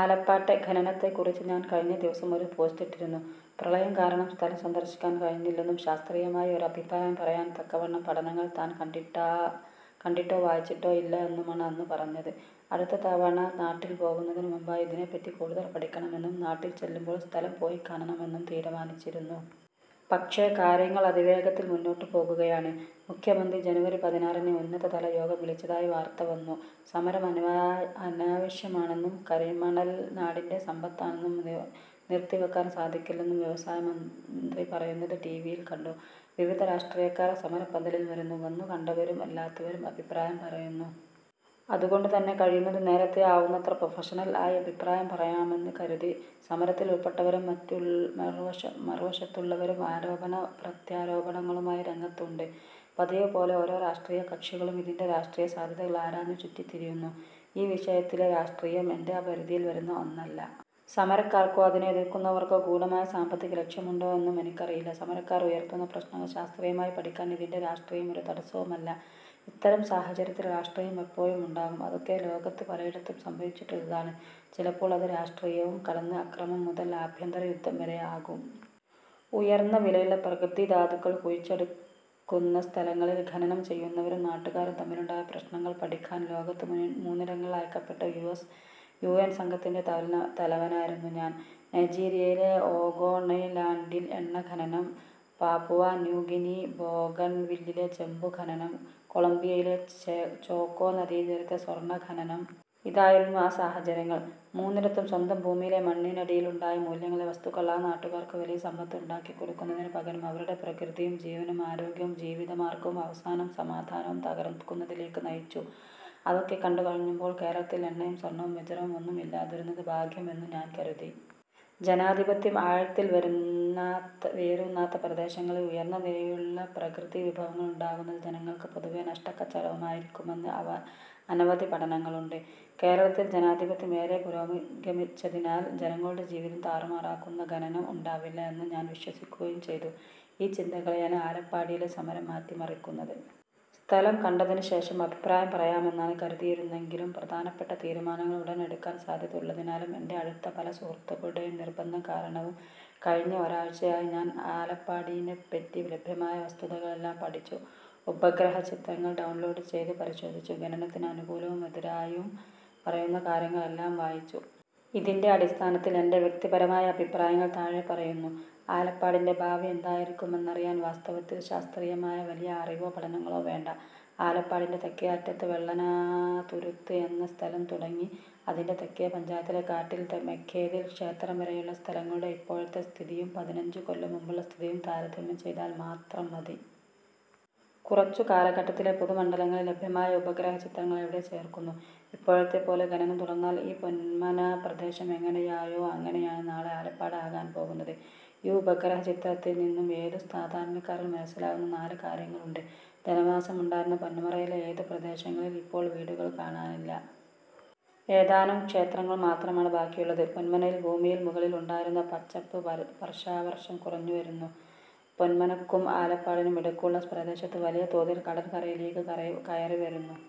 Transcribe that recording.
ആലപ്പാട്ടെ ഖനനത്തെക്കുറിച്ച് ഞാൻ കഴിഞ്ഞ ദിവസം ഒരു പോസ്റ്റിട്ടിരുന്നു. പ്രളയം കാരണം സ്ഥലം സന്ദർശിക്കാൻ കഴിഞ്ഞില്ലെന്നും ശാസ്ത്രീയമായ ഒരഭിപ്രായം പറയാൻ തക്കവണ്ണം പഠനങ്ങൾ ഞാൻ കണ്ടിട്ടോ വായിച്ചിട്ടോ ഇല്ല എന്നുമാണ് അന്നു പറഞ്ഞത്. അടുത്ത തവണ നാട്ടിൽ പോകുന്നതിനു മുമ്പായി ഇതിനെപ്പറ്റി കൂടുതൽ പഠിക്കണമെന്നും നാട്ടിൽ ചെല്ലുമ്പോൾ സ്ഥലം പോയിക്കാണണമെന്നും തീരുമാനിച്ചിരുന്നു. പക്ഷെ, കാര്യങ്ങൾ അതിവേഗത്തിൽ മുന്നോട്ടു പോകുകയാണ്. മുഖ്യമന്ത്രി ജനുവരി പതിനാറിന് ഉന്നതതലയോഗം വിളിച്ചതായി വാർത്ത വന്നു. സമരം അനാവശ്യമാണെന്നും, കരിമണൽ നാടിന്റെ സമ്പത്താണെന്നും, നിർത്തിവെക്കാൻ സാധിക്കില്ലെന്നും വ്യവസായമന്ത്രി പറയുന്നത് ടി വി യിൽ കണ്ടു. വിവിധ രാഷ്ട്രീയക്കാർ സമരപ്പന്തലിൽ വരുന്നു. വന്നു കണ്ടവരും അല്ലാത്തവരും അഭിപ്രായം പറയുന്നു. അതുകൊണ്ടു തന്നെ കഴിയുന്നതും നേരത്തെ ആവുന്നത്ര പ്രൊഫഷണൽ ആയി അഭിപ്രായം പറയാമെന്ന് കരുതി. സമരത്തിൽ ഉൾപ്പെട്ടവരും മറുവശത്തുള്ളവരും ആരോപണ പ്രത്യാരോപണങ്ങളുമായി രംഗത്ത് ഉണ്ട്. പതിവ് പോലെ ഓരോ രാഷ്ട്രീയ കക്ഷികളും ഇതിന്റെ രാഷ്ട്രീയ സാധ്യതകൾ ആരാഞ്ഞു ചുറ്റിത്തിരിയുന്നു. ഈ വിഷയത്തിലെ രാഷ്ട്രീയം എന്റെ പരിധിയിൽ വരുന്ന ഒന്നല്ല. സമരക്കാർക്കോ അതിനെ എതിർക്കുന്നവർക്കോ ഗൂഢമായ സാമ്പത്തിക ലക്ഷ്യമുണ്ടോ എന്നും എനിക്കറിയില്ല. സമരക്കാർ ഉയർത്തുന്ന പ്രശ്നങ്ങൾ ശാസ്ത്രീയമായി പഠിക്കാൻ ഇതിന്റെ രാഷ്ട്രീയം ഒരു തടസവും അല്ല. ഇത്തരം സാഹചര്യത്തിൽ രാഷ്ട്രീയം എപ്പോഴും ഉണ്ടാകും. അതൊക്കെ ലോകത്ത് പലയിടത്തും സംഭവിച്ചിട്ടുള്ളതാണ്. ചിലപ്പോൾ അത് രാഷ്ട്രീയവും കടന്ന് അക്രമം മുതൽ ആഭ്യന്തര യുദ്ധം വരെ ആകും. ഉയർന്ന വിലയുള്ള പ്രകൃതി ധാതുക്കൾ കുഴിച്ചെടുക്കുന്ന സ്ഥലങ്ങളിൽ ഖനനം ചെയ്യുന്നവരും നാട്ടുകാരും തമ്മിലുണ്ടായ പ്രശ്നങ്ങൾ പഠിക്കാൻ ലോകത്ത് മൂന്നിടങ്ങളിൽ അയക്കപ്പെട്ട യു എൻ സംഘത്തിന്റെ തലവനായിരുന്നു ഞാൻ. നൈജീരിയയിലെ ഒഗോണിലാൻഡിൽ എണ്ണ ഖനനം, പാപുവ ന്യൂ ഗിനി ബോഗൺവില്ലിലെ ചെമ്പു ഖനനം, കൊളംബിയയിലെ ചോക്കോ നദീതീരത്തെ സ്വർണ്ണ ഖനനം. ഇതായിരുന്നു ആ സാഹചര്യങ്ങൾ. മൂന്നിടത്തും സ്വന്തം ഭൂമിയിലെ മണ്ണിനടിയിലുണ്ടായ മൂല്യമുള്ള വസ്തുക്കൾ ആ നാട്ടുകാർക്ക് വലിയ സമ്പത്ത് ഉണ്ടാക്കിക്കൊടുക്കുന്നതിന് പകരം അവരുടെ പ്രകൃതിയും ജീവനും ആരോഗ്യവും ജീവിതമാർഗ്ഗവും അവസാനം സമാധാനവും തകർക്കുന്നതിലേക്ക് നയിച്ചു. അതൊക്കെ കണ്ടു കഴിഞ്ഞപ്പോൾ കേരളത്തിൽ എണ്ണയും സ്വർണ്ണവും വജ്രവും ഒന്നും ഇല്ലാതിരുന്നത് ഭാഗ്യം എന്ന് ഞാൻ കരുതി. ജനാധിപത്യം ആഴത്തിൽ വേരൂന്നാത്ത പ്രദേശങ്ങളിൽ ഉയർന്ന വിലയുള്ള പ്രകൃതി വിഭവങ്ങൾ ഉണ്ടാകുന്നത് ജനങ്ങൾക്ക് പൊതുവെ നഷ്ടക്കച്ചവടമായിരിക്കുമെന്ന് അനവധി പഠനങ്ങളുണ്ട്. കേരളത്തിൽ ജനാധിപത്യം ഏറെ പുരോഗമിച്ചതിനാൽ ജനങ്ങളുടെ ജീവിതം താറുമാറാക്കുന്ന ഖനനം ഉണ്ടാവില്ല എന്ന് ഞാൻ വിശ്വസിക്കുകയും ചെയ്തു. ഈ ചിന്തകളെയാണ് ആലപ്പാടിലെ സമരം മാറ്റി മറിക്കുന്നത്. സ്ഥലം കണ്ടതിന് ശേഷം അഭിപ്രായം പറയാമെന്നാണ് കരുതിയിരുന്നതെങ്കിലും പ്രധാനപ്പെട്ട തീരുമാനങ്ങൾ ഉടൻ എടുക്കാൻ സാധ്യത ഉള്ളതിനാലും, എന്റെ അടുത്ത പല സുഹൃത്തുക്കളുടെയും നിർബന്ധം കാരണവും കഴിഞ്ഞ ഒരാഴ്ചയായി ഞാൻ ആലപ്പാടിനെപ്പറ്റി ലഭ്യമായ വസ്തുതകളെല്ലാം പഠിച്ചു. ഉപഗ്രഹ ചിത്രങ്ങൾ ഡൗൺലോഡ് ചെയ്ത് പരിശോധിച്ചു. ഖനനത്തിന് അനുകൂലവും എതിരായും പറയുന്ന കാര്യങ്ങൾ എല്ലാം വായിച്ചു. ഇതിന്റെ അടിസ്ഥാനത്തിൽ എന്റെ വ്യക്തിപരമായ അഭിപ്രായങ്ങൾ താഴെ പറയുന്നു. ആലപ്പാടിന്റെ ഭാവി എന്തായിരിക്കുമെന്നറിയാൻ വാസ്തവത്തിൽ ശാസ്ത്രീയമായ വലിയ അറിവോ പഠനങ്ങളോ വേണ്ട. ആലപ്പാടിന്റെ തെക്കേ അറ്റത്ത് വെള്ളനാതുരുത്ത് എന്ന സ്ഥലം തുടങ്ങി അതിന്റെ തെക്കേ പഞ്ചായത്തിലെ കാട്ടിൽ മേക്കേതിൽ ക്ഷേത്രം വരെയുള്ള സ്ഥലങ്ങളുടെ ഇപ്പോഴത്തെ സ്ഥിതിയും പതിനഞ്ചു കൊല്ലം മുമ്പുള്ള സ്ഥിതിയും താരതമ്യം ചെയ്താൽ മാത്രം മതി. കുറച്ചു കാലഘട്ടത്തിലെ പൊതുമണ്ഡലത്തിൽ ലഭ്യമായ ഉപഗ്രഹ ചിത്രങ്ങൾ ഇവിടെ ചേർക്കുന്നു. ഇപ്പോഴത്തെ പോലെ ഖനനം തുടർന്നാൽ ഈ പൊന്മന പ്രദേശം എങ്ങനെയായോ അങ്ങനെയാണ് നാളെ ആലപ്പാട് ആകാൻ പോകുന്നത്. ഈ ഉപഗ്രഹ ചിത്രത്തിൽ നിന്നും ഏതു സാധാരണക്കാരനും മനസ്സിലാവുന്ന നാല് കാര്യങ്ങൾ ഉണ്ട്. ജനവാസമുണ്ടായിരുന്ന പൊന്മനയിലെ ഏറെ പ്രദേശങ്ങളിൽ ഇപ്പോൾ വീടുകൾ കാണാനില്ല. ഏതാനും ക്ഷേത്രങ്ങൾ മാത്രമാണ് ബാക്കിയുളളത്. പൊന്മനയിൽ ഭൂമിയുടെ മുകളിൽ ഉണ്ടായിരുന്ന പച്ചപ്പ് വർഷാവർഷം കുറഞ്ഞുവരുന്നു. പൊന്മനക്കും ആലപ്പാടിനും ഇടക്കുള്ള പ്രദേശത്ത് വലിയ തോതിൽ കടൽ കരയിലേക്ക് കയറി വരുന്നു.